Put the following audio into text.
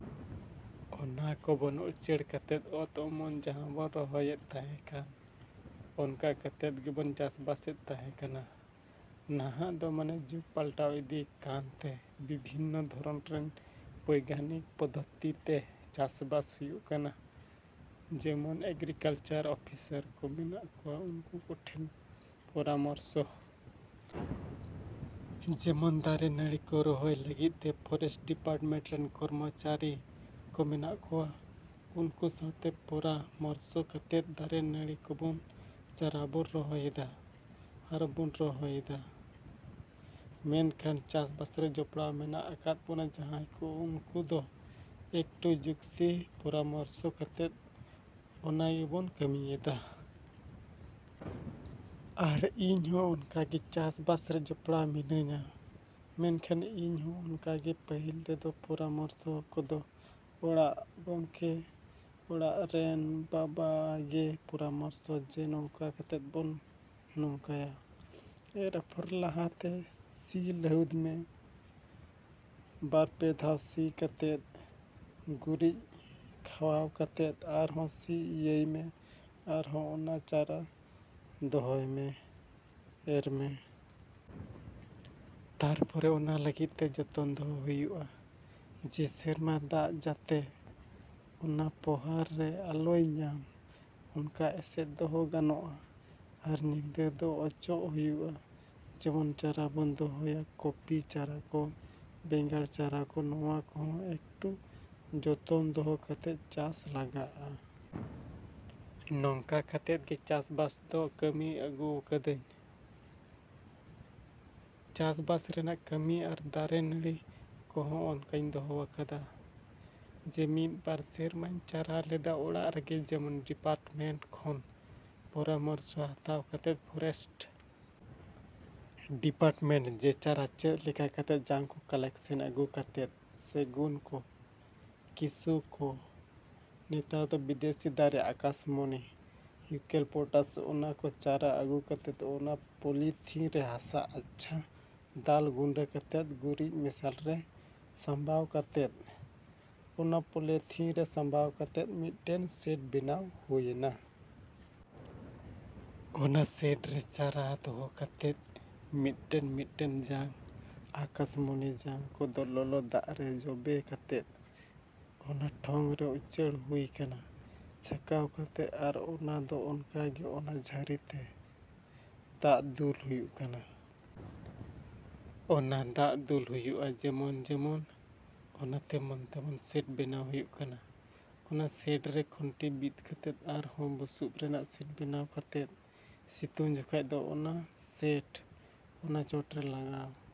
ᱚᱱᱟ ᱠᱚᱵᱚᱱ ᱩᱪᱟᱹᱲ ᱠᱟᱛᱮᱫ ᱚᱛ ᱚᱢᱚᱱ ᱡᱟᱦᱟᱸ ᱵᱚᱱ ᱨᱚᱦᱚᱭᱮᱫ ᱛᱟᱦᱮᱸ ᱠᱟᱱ ᱚᱱᱠᱟ ᱠᱟᱛᱮᱫ ᱜᱮᱵᱚᱱ ᱪᱟᱥᱵᱟᱥᱮᱫ ᱛᱟᱦᱮᱸ ᱠᱟᱱᱟ᱾ ᱱᱟᱦᱟᱜ ᱫᱚ ᱢᱟᱱᱮ ᱡᱩᱜᱽ ᱯᱟᱞᱴᱟᱣ ᱤᱫᱤ ᱟᱠᱟᱱᱛᱮ ᱵᱤᱵᱷᱤᱱᱱᱚ ᱫᱷᱚᱨᱚᱱ ᱨᱮᱱ ᱵᱚᱭᱜᱟᱱᱤᱠ ᱯᱚᱫᱫᱷᱚᱛᱤᱛᱮ ᱪᱟᱥᱵᱟᱥ ᱦᱩᱭᱩᱜ ᱠᱟᱱᱟ᱾ ᱡᱮᱢᱚᱱ ᱮᱜᱨᱤᱠᱟᱞᱪᱟᱨ ᱚᱯᱷᱤᱥᱟᱨ ᱠᱚ ᱢᱮᱱᱟᱜ ᱠᱚᱣᱟ, ᱩᱱᱠᱩ ᱠᱚᱴᱷᱮᱱ ᱯᱚᱨᱟᱢᱚᱨᱥᱚ᱾ ᱡᱮᱢᱚᱱ ᱫᱟᱨᱮ ᱱᱟᱹᱲᱤ ᱠᱚ ᱨᱚᱦᱚᱭ ᱞᱟᱹᱜᱤᱫ ᱛᱮ ᱯᱷᱚᱨᱮᱥᱴ ᱰᱤᱯᱟᱨᱴᱢᱮᱱᱴ ᱨᱮᱱ ᱠᱚᱨᱢᱚᱪᱟᱨᱤ ᱠᱚ ᱢᱮᱱᱟᱜ ᱠᱚᱣᱟ, ᱩᱱᱠᱩ ᱥᱟᱶᱛᱮ ᱯᱚᱨᱟᱢᱚᱨᱥᱚ ᱠᱟᱛᱮᱫ ᱫᱟᱨᱮ ᱱᱟᱹᱲᱤ ᱠᱚᱵᱚᱱ ᱪᱟᱨᱟᱵᱚᱱ ᱫᱚᱦᱚᱭᱮᱫᱟ ᱟᱨᱵᱚᱱ ᱨᱚᱦᱚᱭᱮᱫᱟ᱾ ᱢᱮᱱᱠᱷᱟᱱ ᱪᱟᱥᱵᱟᱥ ᱨᱮ ᱡᱚᱯᱲᱟᱣ ᱢᱮᱱᱟᱜ ᱟᱠᱟᱫ ᱵᱚᱱᱟ ᱡᱟᱦᱟᱸᱭ ᱠᱚ ᱩᱱᱠᱩ ᱫᱚ ᱮᱠᱴᱩ ᱡᱩᱠᱛᱤ ᱯᱚᱨᱟᱢᱚᱨᱥᱚ ᱠᱟᱛᱮᱫ ᱚᱱᱟ ᱜᱮᱵᱚᱱ ᱠᱟᱹᱢᱤᱭᱮᱫᱟ᱾ ᱟᱨ ᱤᱧ ᱦᱚᱸ ᱚᱱᱠᱟᱜᱮ ᱪᱟᱥᱵᱟᱥᱨᱮ ᱡᱚᱯᱲᱟᱣ ᱢᱤᱱᱟᱹᱧᱟ᱾ ᱢᱮᱱᱠᱷᱟᱱ ᱤᱧ ᱦᱚᱸ ᱚᱱᱠᱟᱜᱮ ᱯᱟᱦᱤᱞ ᱛᱮᱫᱚ ᱯᱚᱨᱟᱢᱚᱨᱥᱚ ᱠᱚᱫᱚ ᱚᱲᱟᱜ ᱜᱚᱝᱠᱮ, ᱚᱲᱟᱜ ᱨᱮᱱ ᱵᱟᱵᱟ ᱜᱮ ᱯᱚᱨᱟᱢᱚᱨᱥᱚ ᱡᱮ ᱱᱚᱝᱠᱟ ᱠᱟᱛᱮᱫ ᱵᱚᱱ ᱱᱚᱝᱠᱟᱭᱟ᱾ ᱮᱨ ᱟᱯᱷᱚᱨ ᱞᱟᱦᱟᱛᱮ ᱥᱤ ᱞᱟᱦᱩᱫ ᱢᱮ, ᱵᱟᱨᱯᱮ ᱫᱷᱟᱣ ᱥᱤ ᱠᱟᱛᱮᱫ ᱜᱩᱨᱤᱡ ᱠᱷᱟᱣᱟᱣ ᱠᱟᱛᱮᱫ ᱟᱨᱦᱚᱸ ᱥᱤ ᱤᱭᱟᱹᱭᱢᱮ ᱟᱨᱦᱚᱸ ᱚᱱᱟ ᱪᱟᱨᱟ ᱫᱚᱦᱚᱭᱢᱮ, ᱮᱨᱢᱮ᱾ ᱛᱟᱨᱯᱚᱨᱮ ᱚᱱᱟ ᱞᱟᱹᱜᱤᱫ ᱛᱮ ᱡᱚᱛᱚᱱ ᱫᱚᱦᱚ ᱦᱩᱭᱩᱜᱼᱟ ᱡᱮ ᱥᱮᱨᱢᱟ ᱫᱟᱜ ᱡᱟᱛᱮ ᱚᱱᱟ ᱯᱚᱦᱟᱨ ᱨᱮ ᱟᱞᱚᱭ ᱧᱟᱢ ᱚᱱᱠᱟ ᱮᱥᱮᱫ ᱫᱚᱦᱚ ᱜᱟᱱᱚᱜᱼᱟ ᱟᱨ ᱧᱤᱫᱟᱹ ᱫᱚ ᱚᱪᱚᱜ ᱦᱩᱭᱩᱜᱼᱟ᱾ ᱡᱮᱢᱚᱱ ᱪᱟᱨᱟᱵᱚᱱ ᱫᱚᱦᱚᱭᱟ ᱠᱚᱯᱤ ᱪᱟᱨᱟ ᱠᱚ, ᱵᱮᱸᱜᱟᱲ ᱪᱟᱨᱟ ᱠᱚ ᱱᱚᱣᱟ ᱠᱚᱦᱚᱸ ᱮᱠᱴᱩ ᱡᱚᱛᱚᱱ ᱫᱚᱦᱚ ᱠᱟᱛᱮᱫ ᱪᱟᱥ ᱞᱟᱜᱟᱜᱼᱟ᱾ ᱱᱚᱝᱠᱟ ᱠᱟᱛᱮᱫ ᱜᱮ ᱪᱟᱥ ᱵᱟᱥ ᱫᱚ ᱠᱟᱹᱢᱤ ᱟᱹᱜᱩᱣ ᱠᱟᱹᱫᱟᱹᱧ ᱪᱟᱥᱵᱟᱥ ᱨᱮᱱᱟᱜ ᱠᱟᱹᱢᱤ ᱟᱨ ᱫᱟᱨᱮ ᱱᱟᱲᱤ ᱠᱚᱦᱚᱸ ᱚᱱᱠᱟᱧ ᱫᱚᱦᱚᱣᱟᱠᱟᱫᱟ᱾ ᱡᱮ ᱢᱤᱫ ᱵᱟᱨ ᱥᱮᱨᱢᱟᱧ ᱪᱟᱨᱟ ᱞᱮᱫᱟ ᱚᱲᱟᱜ ᱨᱮᱜᱮ ᱡᱮᱢᱚᱱ ᱰᱤᱯᱟᱨᱴᱢᱮᱱᱴ ᱠᱷᱚᱱ ᱯᱚᱨᱟᱢᱚᱨᱥᱚ ᱦᱟᱛᱟᱣ ᱠᱟᱛᱮᱫ ᱯᱷᱚᱨᱮᱥᱴ ᱰᱤᱯᱟᱨᱴᱢᱮᱱᱴ ᱡᱮ ᱪᱟᱨᱟ ᱪᱮᱫ ᱞᱮᱠᱟ ᱠᱟᱛᱮᱫ ᱡᱟᱝ ᱠᱚ ᱠᱟᱞᱮᱠᱥᱮᱱ ᱟᱹᱜᱩ ᱠᱟᱛᱮᱫ ᱥᱮᱜᱩᱱ ᱠᱚ, ᱥᱤᱥᱩ ᱠᱚ, ᱱᱮᱛᱟᱨ ᱫᱚ ᱵᱤᱫᱮᱥᱤ ᱫᱟᱨᱮ ᱟᱠᱟᱥᱢᱩᱱᱤ, ᱤᱭᱩᱠᱮᱞᱯᱚᱴᱟᱥ ᱚᱱᱟ ᱠᱚ ᱪᱟᱨᱟ ᱟᱹᱜᱩ ᱠᱟᱛᱮᱫ ᱚᱱᱟ ᱯᱚᱞᱤᱛᱷᱤᱱ ᱨᱮ ᱦᱟᱥᱟ ᱟᱪᱪᱷᱟ ᱫᱟᱞ ᱜᱩᱸᱰᱟᱹ ᱠᱟᱛᱮᱫ ᱜᱩᱨᱤᱡ ᱢᱮᱥᱟᱞ ᱨᱮ ᱥᱟᱢᱵᱟᱣ ᱠᱟᱛᱮᱫ ᱚᱱᱟ ᱯᱚᱞᱮᱛᱷᱤᱱ ᱨᱮ ᱥᱟᱢᱵᱟᱣ ᱠᱟᱛᱮᱫ ᱢᱤᱫᱴᱮᱱ ᱥᱮᱰ ᱵᱮᱱᱟᱣ ᱦᱩᱭᱮᱱᱟ᱾ ᱚᱱᱟ ᱥᱮᱰ ᱨᱮ ᱪᱟᱨᱟ ᱫᱚᱦᱚ ᱠᱟᱛᱮᱫ ᱢᱤᱫᱴᱮᱱ ᱢᱤᱫᱴᱮᱱ ᱡᱟᱝ ᱟᱠᱟᱥᱢᱩᱱᱤ ᱡᱟᱝ ᱠᱚᱫᱚ ᱞᱚᱞᱚ ᱫᱟᱜ ᱨᱮ ᱡᱚᱵᱮ ᱠᱟᱛᱮᱫ ᱚᱱᱟ ᱴᱷᱚᱝᱨᱮ ᱩᱪᱟᱹᱲ ᱦᱩᱭ ᱠᱟᱱᱟ ᱪᱷᱟᱠᱟᱣ ᱠᱟᱛᱮᱫ ᱟᱨ ᱚᱱᱟ ᱫᱚ ᱚᱱᱠᱟᱜᱮ ᱚᱱᱟ ᱡᱷᱟᱨᱤᱛᱮ ᱫᱟᱜ ᱫᱩᱞ ᱦᱩᱭᱩᱜ ᱠᱟᱱᱟ᱾ ᱚᱱᱟ ᱫᱟᱜ ᱫᱩᱞ ᱦᱩᱭᱩᱜᱼᱟ ᱡᱮᱢᱚᱱ ᱡᱮᱢᱚᱱ ᱚᱱᱟ ᱛᱮᱢᱚᱱ ᱛᱮᱢᱚᱱ ᱥᱮᱴ ᱵᱮᱱᱟᱣ ᱦᱩᱭᱩᱜ ᱠᱟᱱᱟ᱾ ᱚᱱᱟ ᱥᱮᱰᱨᱮ ᱠᱷᱩᱱᱴᱤ ᱵᱤᱫ ᱠᱟᱛᱮᱫ ᱟᱨᱦᱚᱸ ᱵᱩᱥᱩᱵ ᱨᱮᱱᱟᱜ ᱥᱮᱴ ᱵᱮᱱᱟᱣ ᱠᱟᱛᱮᱫ ᱥᱤᱛᱩᱝ ᱡᱚᱠᱷᱟᱡ ᱫᱚ ᱚᱱᱟ ᱥᱮᱴ ᱚᱱᱟ ᱪᱚᱴᱨᱮ ᱞᱟᱜᱟᱣ